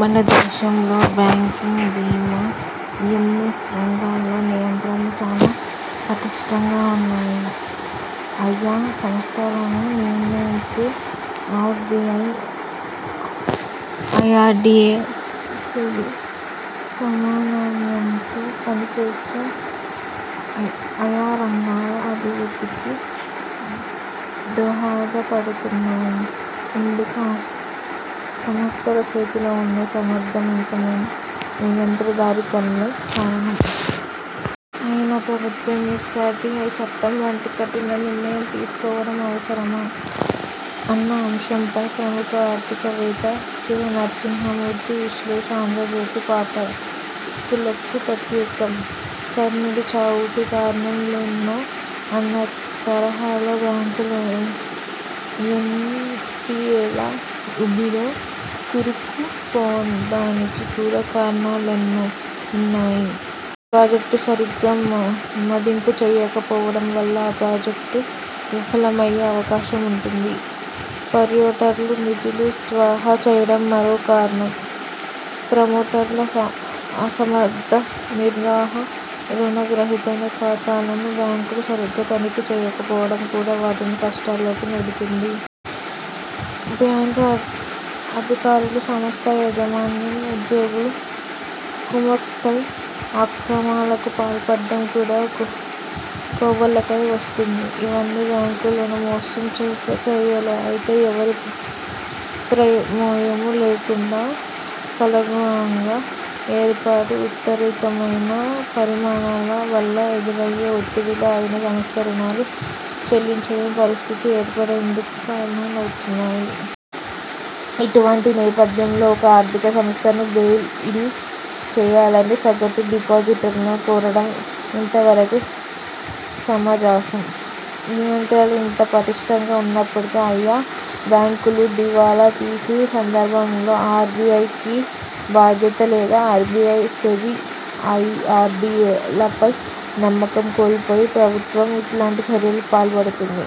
మన దేశంలో బ్యాంకింగ్, బీమా, ఎం ఎఫ్ రంగాల్లో నియంత్రణలు చాలా పటిష్ఠంగా ఉన్నాయి. ఆయా సంస్థలను నియంత్రించే R B I, I R D A, SEBI సమన్వయంతో పని చేస్తూ అయ ఆయా రంగాల అభివృద్ధికి దోహదపడుతున్నాయి. ఇందుకు ఆ సంస్థల చేతిలో ఉన్న సమర్థవంతమైన నియంత్రధారి పనులే కారణం. అయినా ప్రభుత్వం ఎఫ్ ఆర్ డి ఐ చట్టం వంటి కఠిన నిర్ణయం తీసుకోవడం అవసరమా అన్న అంశంపై ప్రముఖ ఆర్థిక వేత్త కె నరసింహమూర్తి విశ్లేషణ ఆంధ్రజ్యోతి పాఠకులకు ప్రత్యేకం. కర్ణుడి చావుకి కారణాలెన్నో అన్న తరహాలో బ్యాంకులు ఎన్ పి ఏ ల ఊబిలో కూరుకు పోవడానికి కూడా కారణాలెన్నో ఉన్నాయి. ఒక ప్రాజెక్టుని సరిగా మదింపు చేయక పోవడం వల్ల ఆ ప్రాజెక్టు విఫలమయ్యే అవకాశం ఉంటుంది. ప్రమోటర్లు నిధులు స్వాహా చేయడం మరో కారణం. ప్రమోటర్ల అసమర్థ నిర్వహ, రుణ గ్రహీతల ఖాతాలను బ్యాంకులు సరిగా తనిఖీ చేయక పోవడం కూడా వాటిని కష్టాల్లోకి నెడుతుంది. బ్యాంకు అధికారులు, సంస్థ యాజమాన్యం ఉద్యోగులు కుమ్మక్కై అక్రమాలకు పాల్పడడం కూడా ఈ కోవలోకే వస్తుంది. ఇవన్నీ బ్యాంకుల ను మోసం చేసే చర్యలే అయితే, ఎవరి ప్రమేయము లేకుండా కాలనుగుణంగా ఏర్పడే ఊహాతీతమైన పరిణామాల వల్ల ఎదురయ్యే ఒత్తిడులు ఆయా సంస్థలు రుణాలు చెల్లించలేని పరిస్థితి ఏర్పడేందుకు కారణమవుతున్నాయి. ఇటువంటి నేపథ్యంలో ఒక ఆర్థిక సంస్థను బెయిల్ ఇన్ చేయాలని సగటు డిపాజిటర్ను కోరడం ఎంతవరకు సమంజసం? నియంత్రణలు ఇంత పటిష్ఠంగా ఉన్నప్పుడు ఆయా బ్యాంకులు దివాలా తీసిన సందర్భంలో ఆర్ బి ఐ బాధ్యత లేదా? R B I, SEBI, I R D A లపై నమ్మకం కోల్పోయి ప్రభుత్వం ఇట్లాంటి చర్యకు పాల్పడుతోందా?